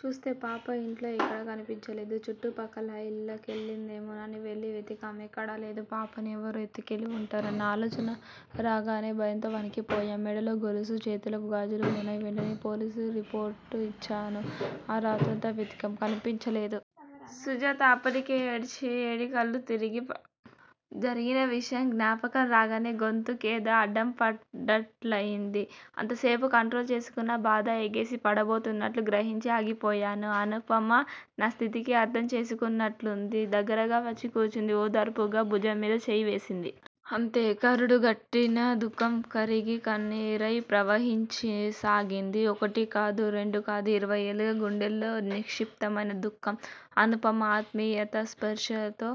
చూస్తే పాప ఇంట్లో ఎక్కడా కనిపించలేదు. చుట్టు పక్కల ఇళ్ళకెళ్ళిందేమోనని వెళ్ళి వెతికాం. ఎక్కడా లేదు. పాపని ఎవరో ఎత్తుకెళ్ళి వుంటారన్న ఆలోచన రాగానే భయంతో వణికిపోయాం. మెడలో గొలుసు, చేతులకు గాజులు వున్నాయి. వెంటనే పోలీసు రిపోర్టు యిచ్చాను. ఆ రాత్రంతా వెతికాం కనిపించలేదు. సుజాత అప్పటికే ఏడ్చి ఏడికళ్ళు తిరిగి. జరిగిన విషయం జ్ఞాపకం రాగానే గొంతుకేదో అడ్డం పడ్డట్లయింది. అంతసేపు కంట్రోలు చేసుకున్న బాధ ఎగిసి పడబోతున్నట్లు గ్రహించి ఆగిపోయాను. అనుపమ నా స్థితికి అర్ధం చేసుకున్నట్లుంది. దగ్గరగా వచ్చి కూర్చుంది- ఓదార్పుగా భుజంమీద చెయ్యి వేసింది. అంతే కరుడు గట్టిన దుఃఖం కరిగి కన్నీరై ప్రవహించసాగింది. ఒకటి కాదు, రెండు కాదు- ఇరవై ఏళ్ళుగా గుండెల్లో నిక్షిప్తమైన దుఃఖం. అనుపమ ఆత్మీయతా స్పర్శతో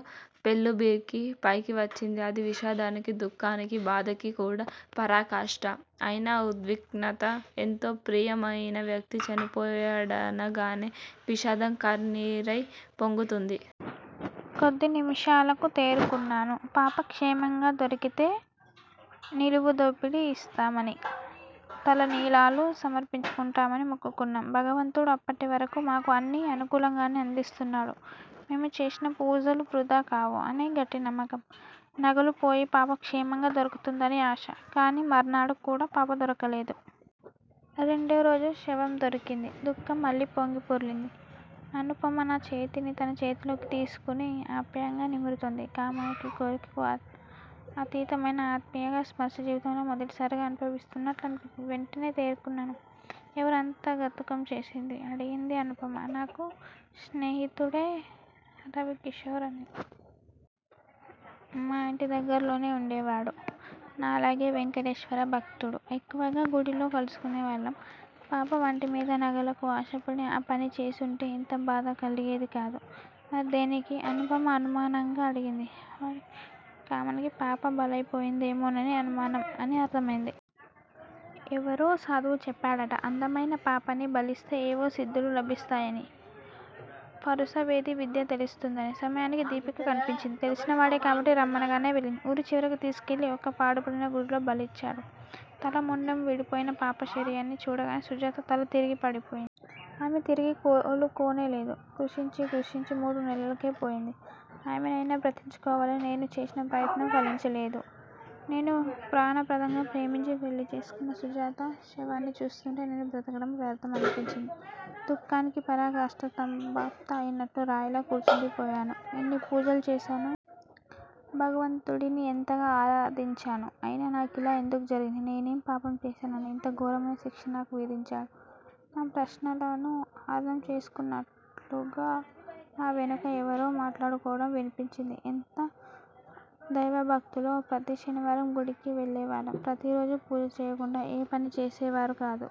పెల్లుబికి పైకి వచ్చింది. అది విషాదానికి, దుఃఖానికి, బాధకీ కూడా పరాకాష్ట. అయినా ఉద్విగ్నత. ఎంతో ప్రియమయిన వ్యక్తి చనిపోయాడనగానే విషాదం కన్నీరై పొంగుతుంది. కొద్ది నిమిషాలకు తేరుకున్నాను. పాప క్షేమంగా దొరికితే నిలువుదోపిడి యిస్తామని, తలనీలాలు సమర్పించుకుంటామని మొక్కుకున్నాం. భగవంతుడు అప్పటివరకూ మాకు అన్నీ అనుకూలంగానే అందిస్తున్నాడు. మేము చేసిన పూజలు వృధా కావు అని గట్టినమ్మకం. నగలు పోయి పాప క్షేమంగా దొరుకుతుందని ఆశ. కాని మర్నాడు కూడా పాప దొరకలేదు. రెండోరోజు శవందొరికింది- దుఃఖం మళ్ళీ పొంగి పొర్లింది. అనుపమ నా చేతిని తన చేతిలోకి తీసుకుని. ఆప్యాయంగా నిమురుతోంది. కామానికి, కోరికకు అతీతమైన ఆత్మీయతా స్పర్శ జీవితంలో మొదటిసారిగా అనుభవిస్తున్నట్లనిపించింది. వెంటనే తేరుకున్నాను. ఎవరు అంత ఘాతుకం చేసింది? అడిగింది అనుపమ. నాకు స్నేహితుడే రవికిశోర్ అని. మా ఇంటి దగ్గర్లోనే వుండేవాడు. నాలాగే వేంకటేశ్వర భక్తుడు. ఎక్కువగా గుడిలో కలుసుకునే వాళ్ళం. పాప వంటిమీద నగలకు ఆశపడి ఆ పని చేసుంటే ఇంత బాధ కలిగేది కాదు. మరి దేనికి? అనుపమ అనుమానంగా అడిగింది. వాడి కామానికి పాప బలయిపోయిందేమోనని అనుమానం అని అర్ధమైంది. ఎవరో సాధువు చెప్పాడట. అందమైన పాపని బలిస్తే ఏవో సిద్దులు లభిస్తాయని, పరుసవేది విద్య తెలుస్తుందనీ. సమయానికి దీపిక కనిపించింది. తెలిసినవాడే కాబట్టి రమ్మనగానే వెళ్ళింది. ఊరి చివరకు తీసుకెళ్ళి ఒక పాడుపడిన గుడిలో బలిచ్చాడు. తల, మొండెం విడిపోయిన పాప శరీరాన్ని చూడగానే సుజాత తల తిరిగి పడిపోయింది. ఆమె తిరిగి కోలుకోనేలేదు. కృశించి, కృశించి మూడు నెలలకే పోయింది. ఆమెనైనా బ్రతికించుకోవాలని నేను చేసిన ప్రయత్నం ఫలించలేదు. నేను ప్రాణప్రదంగా ప్రేమించి పెళ్ళి చేసుకున్న సుజాత శవాన్ని చూస్తుంటే నేను బ్రతకడం వ్యర్ధం అనిపించింది. దుఃఖానికి పరాకాష్ట స్తబ్దత అయినట్లు రాయిలా కూర్చుండిపోయాను. ఎన్ని పూజలు చేశాను? భగవంతుడిని ఎంతగా ఆరాధించాను. అయినా నాకిలా ఎందుకు జరిగింది? నేనేం పాపం చేశానని ఇంత ఘోరమైన శిక్ష నాకు విధించాడు? నా ప్రశ్నలను అర్ధం చేసుకున్నట్లుగా నా వెనుక ఎవరో మాట్లాడుకోవటం వినిపించింది. ఎంత దైవభక్తులో! ప్రతి శనివారం గుడికి వెళ్ళేవాళ్ళు. ప్రతిరోజూ పూజ చెయ్యకుండా ఏ పనీ చేసేవారుకాదు.